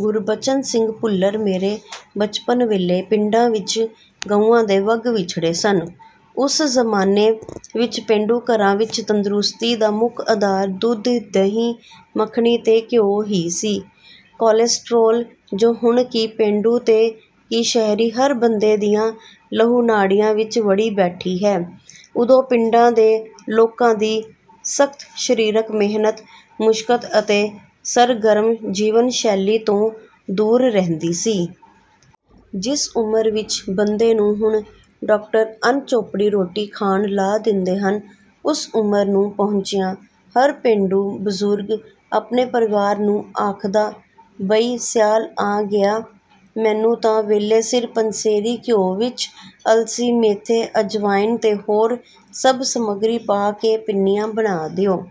ਗੁਰਬਚਨ ਸਿੰਘ ਭੁੱਲਰ ਮੇਰੇ ਬਚਪਨ ਵੇਲੇ ਪਿੰਡਾਂ ਵਿੱਚ ਗਊਆਂ ਦੇ ਵੱਗ ਛਿੜਦੇ ਸਨ। ਉਸ ਜ਼ਮਾਨੇ ਵਿਚ ਪੇਂਡੂ ਘਰਾਂ ਵਿਚ ਤੰਦਰੁਸਤੀ ਦਾ ਮੁੱਖ ਅਧਾਰ ਦੁੱਧ, ਦਹੀਂ, ਮਖਣੀ ਤੇ ਘਿਓ ਹੀ ਸੀ। ਕੋਲੈਸਟਰੋਲ, ਜੋ ਹੁਣ ਕੀ ਪੇਂਡੂ ਤੇ ਕੀ ਸ਼ਹਿਰੀ ਹਰ ਬੰਦੇ ਦੀਆਂ ਲਹੂ-ਨਾੜੀਆਂ ਵਿੱਚ ਵੜੀ ਬੈਠੀ ਹੈ, ਉਦੋਂ ਪਿੰਡਾਂ ਦੇ ਲੋਕਾਂ ਦੀ ਸਖ਼ਤ ਸਰੀਰਕ ਮਿਹਨਤ-ਮੁਸ਼ੱਕਤ ਅਤੇ ਸਰਗਰਮ ਜੀਵਨ-ਸ਼ੈਲੀ ਤੋਂ ਦੂਰ ਰਹਿੰਦੀ ਸੀ। ਜਿਸ ਉਮਰ ਵਿੱਚ ਬੰਦੇ ਨੂੰ ਹੁਣ ਡਾਕਟਰ ਅਣਚੋਪੜੀ ਰੋਟੀ ਖਾਣ ਲਾ ਦਿੰਦੇ ਹਨ, ਉਸ ਉਮਰ ਨੂੰ ਪਹੁੰਚਿਆ ਹਰ ਪੇਂਡੂ ਬਜ਼ੁਰਗ ਆਪਣੇ ਪਰਿਵਾਰ ਨੂੰ ਆਖਦਾ, "ਬਈ ਸਿਆਲ ਆ ਗਿਆ। ਮੈਨੂੰ ਤਾਂ ਵੇਲੇ-ਸਿਰ ਪੰਸੇਰੀ ਘਿਓ ਵਿਚ ਅਲਸੀ, ਮੇਥੇ, ਅਜਵਾਇਨ ਤੇ ਹੋਰ ਸਭ ਸਮਗਰੀ ਪਾ ਕੇ ਪਿੰਨੀਆਂ ਬਣਾ ਦਿਓ।"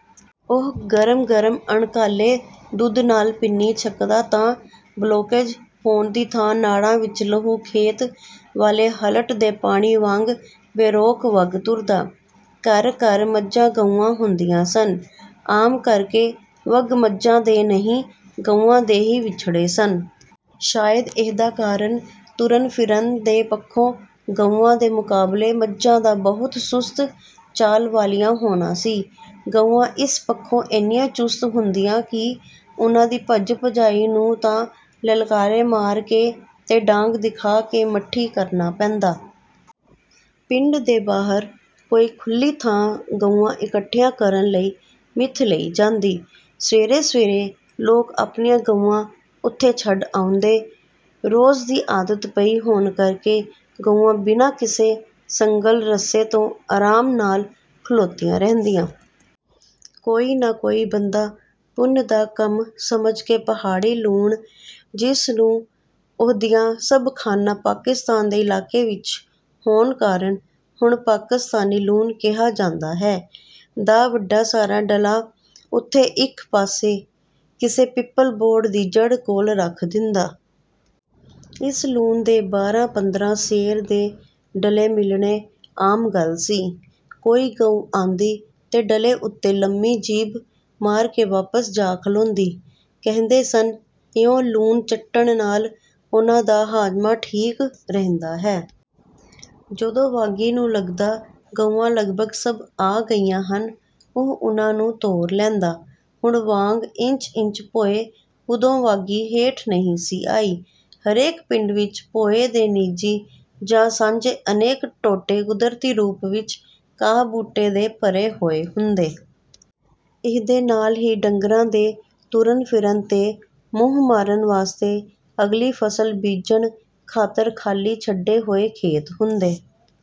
ਉਹ ਗਰਮ-ਗਰਮ ਅਣਘਾਲੇ ਦੁੱਧ ਨਾਲ ਪਿੰਨੀ ਛਕਦਾ ਤਾਂ 'ਬਲੌਕੇਜ' ਹੋਣ ਦੀ ਥਾਂ ਨਾੜਾਂ ਵਿੱਚ ਲਹੂ ਖੇਤ ਵਾਲੇ ਹਲਟ ਦੇ ਪਾਣੀ ਵਾਂਗ ਬੇਰੋਕ ਵਗ ਤੁਰਦਾ। ਘਰ-ਘਰ ਮੱਝਾਂ-ਗਊਆਂ ਹੁੰਦੀਆਂ ਸਨ। ਆਮ ਕਰਕੇ ਵੱਗ ਮੱਝਾਂ ਦੇ ਨਹੀਂ, ਗਊਆਂ ਦੇ ਹੀ ਛਿੜਦੇ ਸਨ। ਸ਼ਾਇਦ ਇਹਦਾ ਕਾਰਨ ਤੁਰਨ-ਫਿਰਨ ਦੇ ਪੱਖੋਂ ਗਊਆਂ ਦੇ ਮੁਕਾਬਲੇ ਮੱਝਾਂ ਦਾ ਬਹੁਤ ਸੁਸਤ ਚਾਲ ਵਾਲੀਆਂ ਹੋਣਾ ਸੀ। ਗਊਆਂ ਇਸ ਪੱਖੋਂ ਏਨੀਆਂ ਚੁਸਤ ਹੁੰਦੀਆਂ ਕਿ ਉਨ੍ਹਾਂ ਦੀ ਭੱਜ-ਭਜਾਈ ਨੂੰ ਤਾਂ ਲਲਕਾਰੇ ਮਾਰ ਕੇ ਤੇ ਡਾਂਗ ਦਿਖਾ ਕੇ ਮੱਠੀ ਕਰਨਾ ਪੈਂਦਾ। ਪਿੰਡ ਦੇ ਬਾਹਰ ਕੋਈ ਖੁੱਲ੍ਹੀ ਥਾਂ ਗਊਆਂ ਇਕੱਠੀਆਂ ਕਰਨ ਲਈ ਮਿਥ ਲਈ ਜਾਂਦੀ। ਸਵੇਰੇ-ਸਵੇਰੇ ਲੋਕ ਆਪਣੀਆਂ ਗਊਆਂ ਉਥੇ ਛੱਡ ਆਉਂਦੇ। ਰੋਜ਼ ਦੀ ਆਦਤ ਪਈ ਹੋਣ ਕਰਕੇ ਗਊਆਂ ਬਿਨਾਂ ਕਿਸੇ ਸੰਗਲ-ਰੱਸੇ ਤੋਂ ਆਰਾਮ ਨਾਲ ਖਲੋਤੀਆਂ ਰਹਿੰਦੀਆਂ। ਕੋਈ ਨਾ ਕੋਈ ਬੰਦਾ ਪੁੰਨ ਦਾ ਕੰਮ ਸਮਝ ਕੇ ਪਹਾੜੀ ਲੂਣ, ਜਿਸ ਨੂੰ ਉਹਦੀਆਂ ਸਭ ਖਾਣਾਂ ਪਾਕਿਸਤਾਨ ਦੇ ਇਲਾਕੇ ਵਿਚ ਹੋਣ ਕਾਰਨ ਹੁਣ ਪਾਕਿਸਤਾਨੀ ਲੂਣ ਕਿਹਾ ਜਾਂਦਾ ਹੈ, ਦਾ ਵੱਡਾ ਸਾਰਾ ਡਲਾ ਉਥੇ ਇੱਕ ਪਾਸੇ ਕਿਸੇ ਪਿੱਪਲ-ਬੋਹੜ ਦੀ ਜੜ ਕੋਲ ਰੱਖ ਦਿੰਦਾ। ਇਸ ਲੂਣ ਦੇ ਬਾਰਾਂ-ਪੰਦਰਾਂ ਸੇਰ ਦੇ ਡਲੇ ਮਿਲਣੇ ਆਮ ਗੱਲ ਸੀ। ਕੋਈ ਗਊ ਆਉਂਦੀ ਤੇ ਡਲੇ ਉਤੇ ਲੰਮੀ ਜੀਭ ਮਾਰ ਕੇ ਵਾਪਸ ਜਾ ਖਲੋਂਦੀ। ਕਹਿੰਦੇ ਸਨ, ਇਉਂ ਲੂਣ ਚੱਟਣ ਨਾਲ ਉਨ੍ਹਾਂ ਦਾ ਹਾਜ਼ਮਾ ਠੀਕ ਰਹਿੰਦਾ ਹੈ। ਜਦੋਂ ਵਾਗੀ ਨੂੰ ਲਗਦਾ, ਗਊਆਂ ਲਗਭਗ ਸਭ ਆ ਗਈਆਂ ਹਨ, ਉਹ ਉਨ੍ਹਾਂ ਨੂੰ ਤੋਰ ਲੈਂਦਾ। ਹੁਣ ਵਾਂਗ ਇੰਚ-ਇੰਚ ਭੋਇੰ ਉਦੋਂ ਵਾਗੀ ਹੇਠ ਨਹੀਂ ਸੀ ਆਈ। ਹਰੇਕ ਪਿੰਡ ਵਿਚ ਭੋਇੰ ਦੇ ਨਿੱਜੀ ਜਾਂ ਸਾਂਝੇ ਅਨੇਕ ਟੋਟੇ ਕੁਦਰਤੀ ਰੂਪ ਵਿਚ ਘਾਹ-ਬੂਟੇ ਦੇ ਭਰੇ ਹੋਏ ਹੁੰਦੇ। ਇਹਦੇ ਨਾਲ ਹੀ ਡੰਗਰਾਂ ਦੇ ਤੁਰਨ-ਫਿਰਨ ਤੇ ਮੂੰਹ ਮਾਰਨ ਵਾਸਤੇ ਅਗਲੀ ਫ਼ਸਲ ਬੀਜਣ ਖ਼ਾਤਰ ਖਾਲੀ ਛੱਡੇ ਹੋਏ ਖੇਤ ਹੁੰਦੇ।